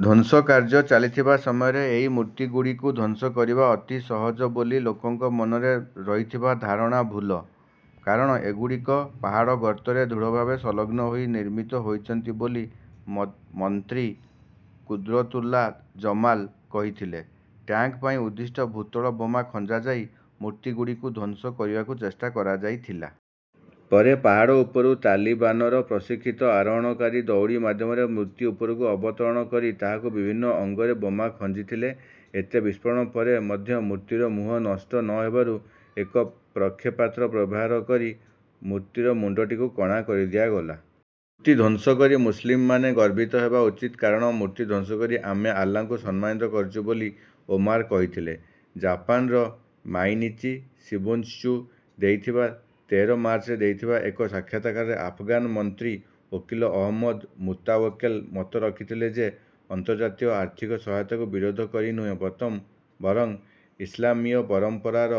ଧ୍ୱଂସ କାର୍ଯ୍ୟ ଚାଲିଥିବା ସମୟରେ ଏହି ମୂର୍ତ୍ତିଗୁଡ଼ିକୁ ଧ୍ୱଂସ କରିବା ଅତି ସହଜ ବୋଲି ଲୋକଙ୍କ ମନରେ ରହିଥିବା ଧାରଣା ଭୁଲ, କାରଣ ଏଗୁଡ଼ିକ ପାହାଡ଼ ଗର୍ତ୍ତରେ ଦୃଢ଼ ଭାବେ ସଂଲଗ୍ନ ହୋଇ ନିର୍ମିତ ହୋଇଛନ୍ତି ବୋଲି ମନ୍ତ୍ରୀ କୁଦ୍ରତୁଲ୍ଲା ଜମାଲ୍ କହିଥିଲେ। ଟ୍ୟାଂକ୍ ପାଇଁ ଉଦ୍ଦିଷ୍ଟ ଭୂତଳ ବୋମା ଖଞ୍ଜାଯାଇ ମୂର୍ତ୍ତିଗୁଡ଼ିକୁ ଧ୍ୱଂସ କରିବାକୁ ଚେଷ୍ଟା କରାଯାଇଥିଲା। ପରେ ପାହାଡ଼ ଉପରୁ ତାଲିବାନର ପ୍ରଶିକ୍ଷିତ ଆରୋହଣକାରୀ ଦଉଡ଼ି ମାଧ୍ୟମରେ ମୂର୍ତ୍ତି ଉପରକୁ ଅବତରଣ କରି ତାହାର ବିଭିନ୍ନ ଅଙ୍ଗରେ ବୋମା ଖଞ୍ଜିଥିଲେ। ଏତେ ବିସ୍ଫୋରଣ ପରେ ମଧ୍ୟ ମୂର୍ତ୍ତିର ମୁହଁ ନଷ୍ଟ ନ ହେବାରୁ ଏକ ପ୍ରକ୍ଷେପାସ୍ତ୍ର ବ୍ୟବହାର କରି ମୂର୍ତ୍ତିର ମୁଣ୍ଡଟିକୁ କଣା କରିଦିଆଗଲା। ମୂର୍ତ୍ତି ଧ୍ୱଂସ କରି ମୁସ୍ଲିମ୍ମାନେ ଗର୍ବିତ ହେବା ଉଚିତ୍ କାରଣ ମୂର୍ତ୍ତି ଧ୍ୱଂସକରି ଆମେ ଅଲ୍ଲାଙ୍କୁ ସମ୍ମାନିତ କରିଛୁ ବୋଲି ଓମାର୍ କହିଥିଲେ। ଜାପାନର ମାଇନିଚି ଶିଂବୁନ୍ଙ୍କୁ ଦେଇଥିବା ତେର ମାର୍ଚ୍ଚରେ ଦେଇଥିବା ଏକ ସାକ୍ଷାତକାରରେ ଆଫଗାନ ମନ୍ତ୍ରୀ ୱକିଲ୍ ଅହମଦ୍ ମୁତାୱକେଲ୍ ମତ ରଖିଥିଲେ ଯେ ଅନ୍ତର୍ଜାତୀୟ ଆର୍ଥିକ ସହାୟତାକୁ ବିରୋଧ କରି ନୁହେଁ ବରଂ ଇସ୍ଲାମୀୟ ପରମ୍ପରାର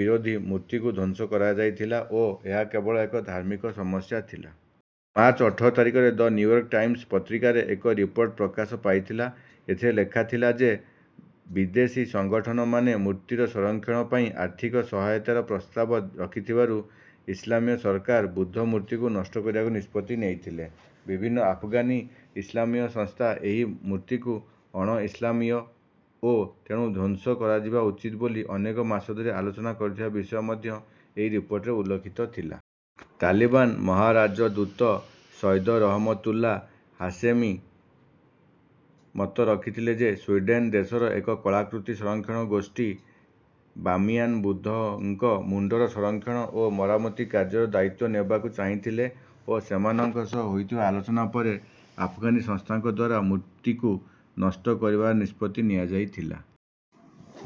ବିରୋଧୀ ମୂର୍ତ୍ତିକୁ ଧ୍ୱଂସ କରାଯାଇଥିଲା ଓ ଏହା କେବଳ ଏକ ଧାର୍ମିକ ସମସ୍ୟା ଥିଲା। ମାର୍ଚ୍ଚ ଅଠର ତାରିଖରେ ଦ ନ୍ୟୁୟର୍କ୍ ଟାଇମ୍ସ ପତ୍ରିକାରେ ଏକ ରିପୋର୍ଟ ପ୍ରକାଶ ପାଇଥିଲା। ଏଥିରେ ଲେଖାଥିଲା ଯେ ବିଦେଶୀ ସଂଗଠନମାନେ ମୂର୍ତ୍ତିର ସଂରକ୍ଷଣ ପାଇଁ ଆର୍ଥିକ ସହାୟତାର ପ୍ରସ୍ତାବ ରଖିଥିବାରୁ ଇସ୍ଲାମୀୟ ସରକାର ବୁଦ୍ଧ ମୂର୍ତ୍ତିକୁ ନଷ୍ଟ କରିବାର ନିଷ୍ପତ୍ତି ନେଇଥିଲେ। ବିଭିନ୍ନ ଆଫଗାନି ଇସ୍ଲାମୀୟ ସଂସ୍ଥା ଏହି ମୂର୍ତ୍ତିକୁ ଅଣ-ଇସ୍ଲାମୀୟ ଓ ତେଣୁ ଧ୍ୱଂସ କରାଯିବା ଉଚିତ ବୋଲି ଅନେକ ମାସ ଧରି ଆଲୋଚନା କରୁଥିବା ବିଷୟ ମଧ୍ୟ ଏହି ରିପୋର୍ଟରେ ଉଲ୍ଲିଖିତ ଥିଲା। ତାଲିବାନ୍ ମହାରାଜଦୂତ ସୈଦ ରହମତୁଲ୍ଲା ହାଶେମି ମତ ରଖିଥିଲେ ଯେ ସ୍ୱିଡେନ୍ ଦେଶର ଏକ କଳାକୃତି ସଂରକ୍ଷଣ ଗୋଷ୍ଠୀ ବାମିୟାନ୍ ବୁଦ୍ଧଙ୍କ ମୁଣ୍ଡର ସଂରକ୍ଷଣ ଓ ମରାମତି କାର୍ଯ୍ୟର ଦାୟିତ୍ତ୍ୱ ନେବାକୁ ଚାହିଁଥିଲେ ଓ ସେମାନଙ୍କ ସହ ହୋଇଥିବା ଆଲୋଚନା ପରେ ଆଫଗାନି ସଂସ୍ଥାଙ୍କଦ୍ୱାରା ମୂର୍ତ୍ତିକୁ ନଷ୍ଟ କରିବାର ନିଷ୍ପତ୍ତି ନିଆଯାଇଥିଲା।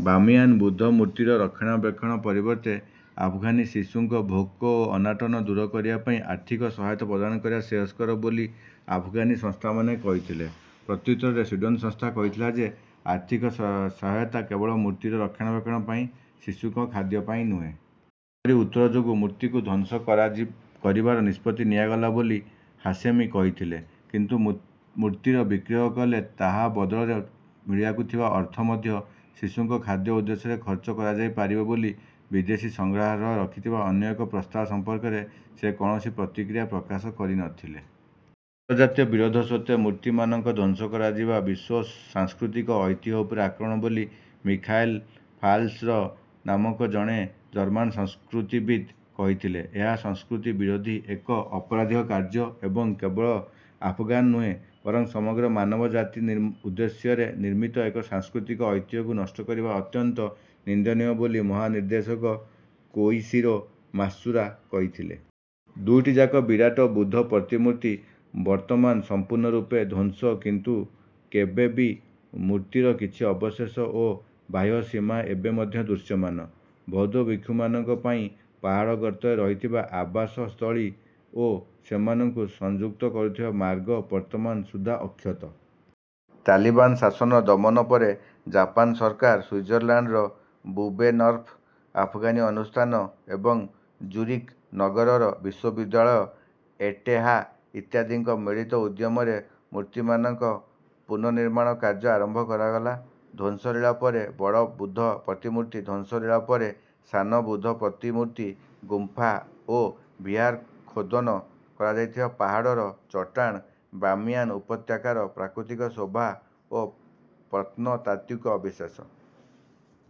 ବାମିୟାନ୍ ବୁଦ୍ଧ ମୂର୍ତ୍ତିର ରକ୍ଷଣାବେକ୍ଷଣ ପରିବର୍ତ୍ତେ ଆଫଗାନି ଶିଶୁଙ୍କ ଭୋକ ଓ ଅନଟନ ଦୂର କରିବା ପାଇଁ ଆର୍ଥିକ ସହାୟତା ପ୍ରଦାନ କରିବା ଶ୍ରେୟସ୍କର ବୋଲି ଆଫଗାନି ସଂସ୍ଥାମାନେ କହିଥିଲେ। ପ୍ରତ୍ୟୁତ୍ତରରେ ସ୍ୱିଡେନ୍ର ସଂସ୍ଥା କହିଥିଲା ଯେ ଆର୍ଥିକ ସହାୟତା କେବଳ ମୂର୍ତ୍ତିର ରକ୍ଷଣାବେକ୍ଷଣ ପାଇଁ, ଶିଶୁଙ୍କ ଖାଦ୍ୟ ପାଇଁ ନୁହେଁ। ଏପରି ଉତ୍ତର ଯୋଗୁଁ ମୂର୍ତ୍ତିକୁ ଧ୍ୱଂସ କରିବାର ନିଷ୍ପତ୍ତି ନିଆଗଲା ବୋଲି ହାଶେମି କହିଥିଲେ। କିନ୍ତୁ ମୂର୍ତ୍ତିର ବିକ୍ରୟ କଲେ ତାହା ବଦଳରେ ମିଳିବାକୁ ଥିବା ଅର୍ଥ ମଧ୍ୟ ଶିଶୁଙ୍କ ଖାଦ୍ୟ ଉଦ୍ଦେଶ୍ୟରେ ଖର୍ଚ୍ଚ କରାଯାଇପାରିବ ବୋଲି ବିଦେଶୀ ସଂଗ୍ରହାଳୟ ରଖିଥିବା ଅନ୍ୟ ଏକ ପ୍ରସ୍ତାବ ସମ୍ପର୍କରେ ସେ କୌଣସି ପ୍ରତିକ୍ରିୟା ପ୍ରକାଶ କରିନଥିଲେ। ଅନ୍ତର୍ଜାତୀୟ ବିରୋଧ ସତ୍ତ୍ୱେ ମୂର୍ତ୍ତିମାନଙ୍କ ଧ୍ୱଂସ କରାଯିବା ବିଶ୍ୱ ସାଂସ୍କୃତିକ ଐତିହ୍ୟ ଉପରେ ଆକ୍ରମଣ ବୋଲି ମିଖାଏଲ୍ ଫାଲ୍ସର୍ ନାମକ ଜଣେ ଜର୍ମାନ ସଂସ୍କୃତିବିତ୍ କହିଥିଲେ। ଏହା ସଂସ୍କୃତି ବିରୋଧୀ ଏକ ଅପରାଧିକ କାର୍ଯ୍ୟ ଏବଂ କେବଳ ଆଫଗାନ ନୁହେଁ ବରଂ ସମଗ୍ର ମାନବ ଜାତି ଉଦ୍ଦେଶ୍ୟରେ ନିର୍ମିତ ଏକ ସାଂସ୍କୃତିକ ଐତିହ୍ୟକୁ ନଷ୍ଟ କରାଯିବା ଅତ୍ୟନ୍ତ ନିନ୍ଦନୀୟ ବୋଲି ମହାନିର୍ଦ୍ଦେଶକ କୋଇଶିରୋ ମାତ୍ସୁରା କହିଥିଲେ। ଦୁଇଟି ଯାକ ବିରାଟ ବୁଦ୍ଧ ପ୍ରତିମୂର୍ତ୍ତି ବର୍ତ୍ତମାନ ସମ୍ପୂର୍ଣ୍ଣ ରୂପେ ଧ୍ୱସ୍ତ କିନ୍ତୁ ତେବେ ବି ମୂର୍ତ୍ତିର କିଛି ଅବଶେଷ ଓ ବାହ୍ୟ ସୀମା ଏବେ ମଧ୍ୟ ଦୃଶ୍ୟମାନ। ବୌଦ୍ଧ ଭିକ୍ଷୁମାନଙ୍କ ପାଇଁ ପାହାଡ଼ ଗର୍ତ୍ତରେ ରହିଥିବା ଆବାସ ସ୍ଥଳୀ ଓ ସେମାନଙ୍କୁ ସଂଯୁକ୍ତ କରୁଥିବା ମାର୍ଗ ବର୍ତ୍ତମାନ ସୁଦ୍ଧା ଅକ୍ଷତ। ତାଲିବାନ୍ ଶାସନର ଦମନ ପରେ ଜାପାନ ସରକାର, ସ୍ୱିଜରଲ୍ୟାଣ୍ଡର ବୁବେନ୍ଡର୍ଫ୍ ଆଫଗାନି ଅନୁଷ୍ଠାନ ଏବଂ ଜୁରିକ୍ ନଗରର ବିଶ୍ୱବିଦ୍ୟାଳୟ ଏଟେହା ଇତ୍ୟାଦିଙ୍କ ମିଳିତ ଉଦ୍ୟମରେ ମୂର୍ତ୍ତିମାନଙ୍କ ପୁନଃନିର୍ମାଣ କାର୍ଯ୍ୟ ଆରମ୍ଭ କରାଗଲା। ଧ୍ୱଂସ ଲୀଳା ପରେ ବଡ଼ ବୁଦ୍ଧ ପ୍ରତିମୂର୍ତ୍ତି ଧ୍ୱଂସ ଲୀଳା ପରେ ସାନ ବୁଦ୍ଧ ପ୍ରତିମୂର୍ତ୍ତି ଗୁମ୍ଫା ଓ ବିହାର ଖୋଦନ କରାଯାଇଥିବା ପାହାଡ଼ର ଚଟ୍ଟାଣ ବାମିୟାନ୍ ଉପତ୍ୟକାର ପ୍ରାକୃତିକ ଶୋଭା ଓ ପ୍ରତ୍ନତାତ୍ତ୍ୱିକ ଅବଶେଷ।